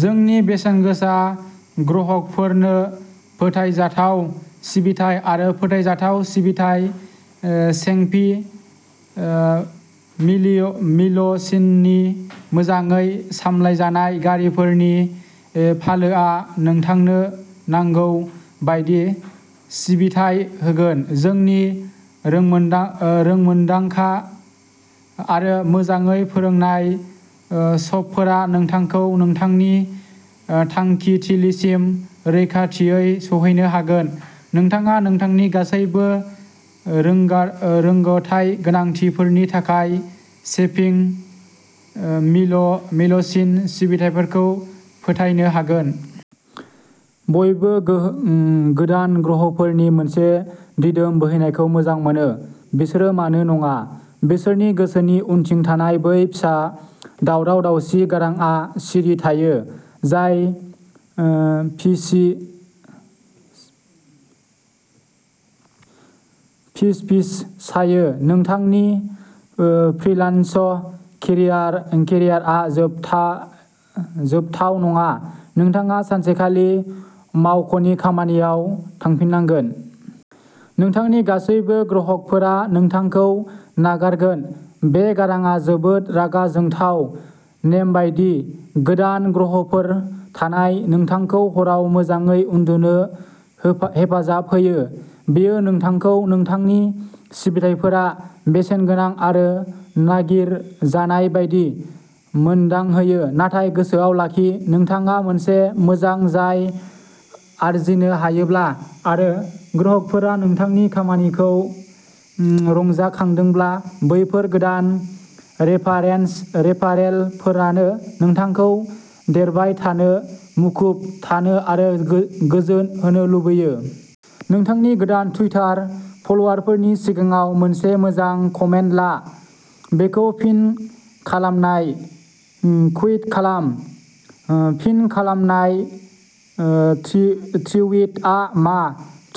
जोंनि बेसेनगोसा ग्राहकफोरनो फोथायजाथाव सिबिथाइ आरो फोथायजाथाव सिबिथाइ। चेफि लिम'सिननि मोजाङै सामलायजानाय गारिफोरनि फालोआ नोंथांनो नांगौ बायदि सिबिथाइ होगोन। जोंनि रोंमोन्दांखा आरो मोजाङै फोरोंजानाय श'फफोरा नोंथांखौ नोंथांनि थांखिथिलिसिम रैखाथियै सौहैनो होगोन। नोंथाङा नोंथांनि गासैबो रोगाथाइ गोनांथिफोरनि थाखाय चेफि लिम'सिन सिबिथाइखौ फोथायनो हागोन। बयबो गोदान ग्राहकफोरनि मोनसे दिदोम बोहैनायखौ मोजां मोनो। बिसोर मानो नङा? नोंथांनि गोसोनि उनथिं थानाय बै फिसा दावराव-दावसि गारांआ सिरि थायो, जाय फिसफिसायो, "नोंथांनि फ्रीलान्स केरियारआ जोरथाव नङा। नोंथाङा सानसेखालि मावख'नि खामानियाव थांफिननांगोन। नोंथांनि गासिबो ग्राहकफोरा नोंथांखौ नागारगोन। " बे गारांआ जोबोद रागा जोंथाव। नेमबादि गोदान ग्राहकफोर थानाया नोंथांखौ हराव मोजाङै उन्दुनो हेफाजाब होयो। बेयो नोंथांखौ नोंथांनि सिबिथाइफोरा बेसेनगोनां आरो नागिरजानाय बायदि मोनदांहोयो। नाथाय गोसोआव लाखिः नोंथाङा मोनसे मोजां आय आर्जिनो हादोंब्लाबो आरो ग्राहकफोरा नोंथांनि खामानिजों रंजाखांदोंब्लाबो, बैफोर गोदान रेफारेलफोरानो नोंथांखौ देरबाय थानो, मुखुब थानो आरो गोजोन होनो लुबैयो। नोंथांनि गोदान टुइटार फलोअरफोरनि सिगाङाव मोनसे मोजां कन्टेन्ट ला? बेखौ पिन खालामनाय टुइट खालाम। पिन खालामनाय ट्विटआ मा?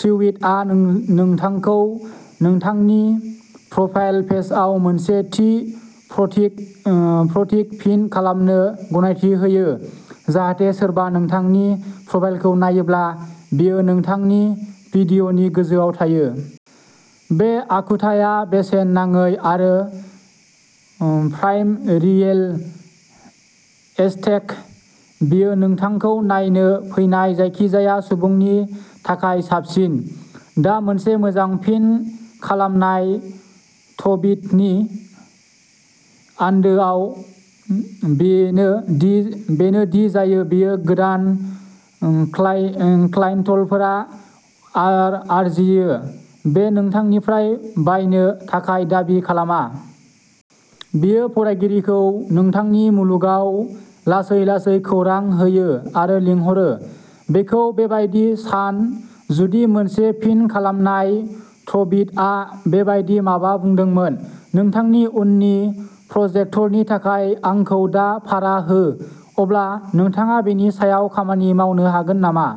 ट्विटरआ नोंथांखौ नोंथांनि प्रफाइल पेजआव मोनसे थि ट्विट पिन खालामनो गनायथि होयो, जाहाथे सोरबा नोंथांनि प्रफाइलखौ नायोब्ला बेयो नोंथांनि फिडनि गोजौआव थायो। बे आखुथाया बेसेन नाङै आरो प्राइम रियेल एस्टेट-बेयो नोंथांखौ नायनो फैनाय जायखिजाया सुबुंनि थाखाय साबसिन। दा, मोनसे मोजां पिन खालामनाय ट्विटनि आन्दोआ बेनो दि बेयो गोदान क्लाइन्टफोर आरजियो-बेयो नोंथांनिफ्राय बायनो थाखाय दाबि खालामा। बेयो फरायगिरिखौ नोंथांनि मुलुगाव लासै-लासै खौरां होयो आरो लिंहरो। बेखौ बेबायदि सानः जुदि मोनसे पिन खालामनाय ट्विटआ बेबादि माबा बुंदोंमोन, "नोंथांनि उननि प्रजेक्टनि थाखाय आंखौ दा भारा हो", अब्ला नोंथाङा बेनि सायाव खामानि मावनो हागोन नामा?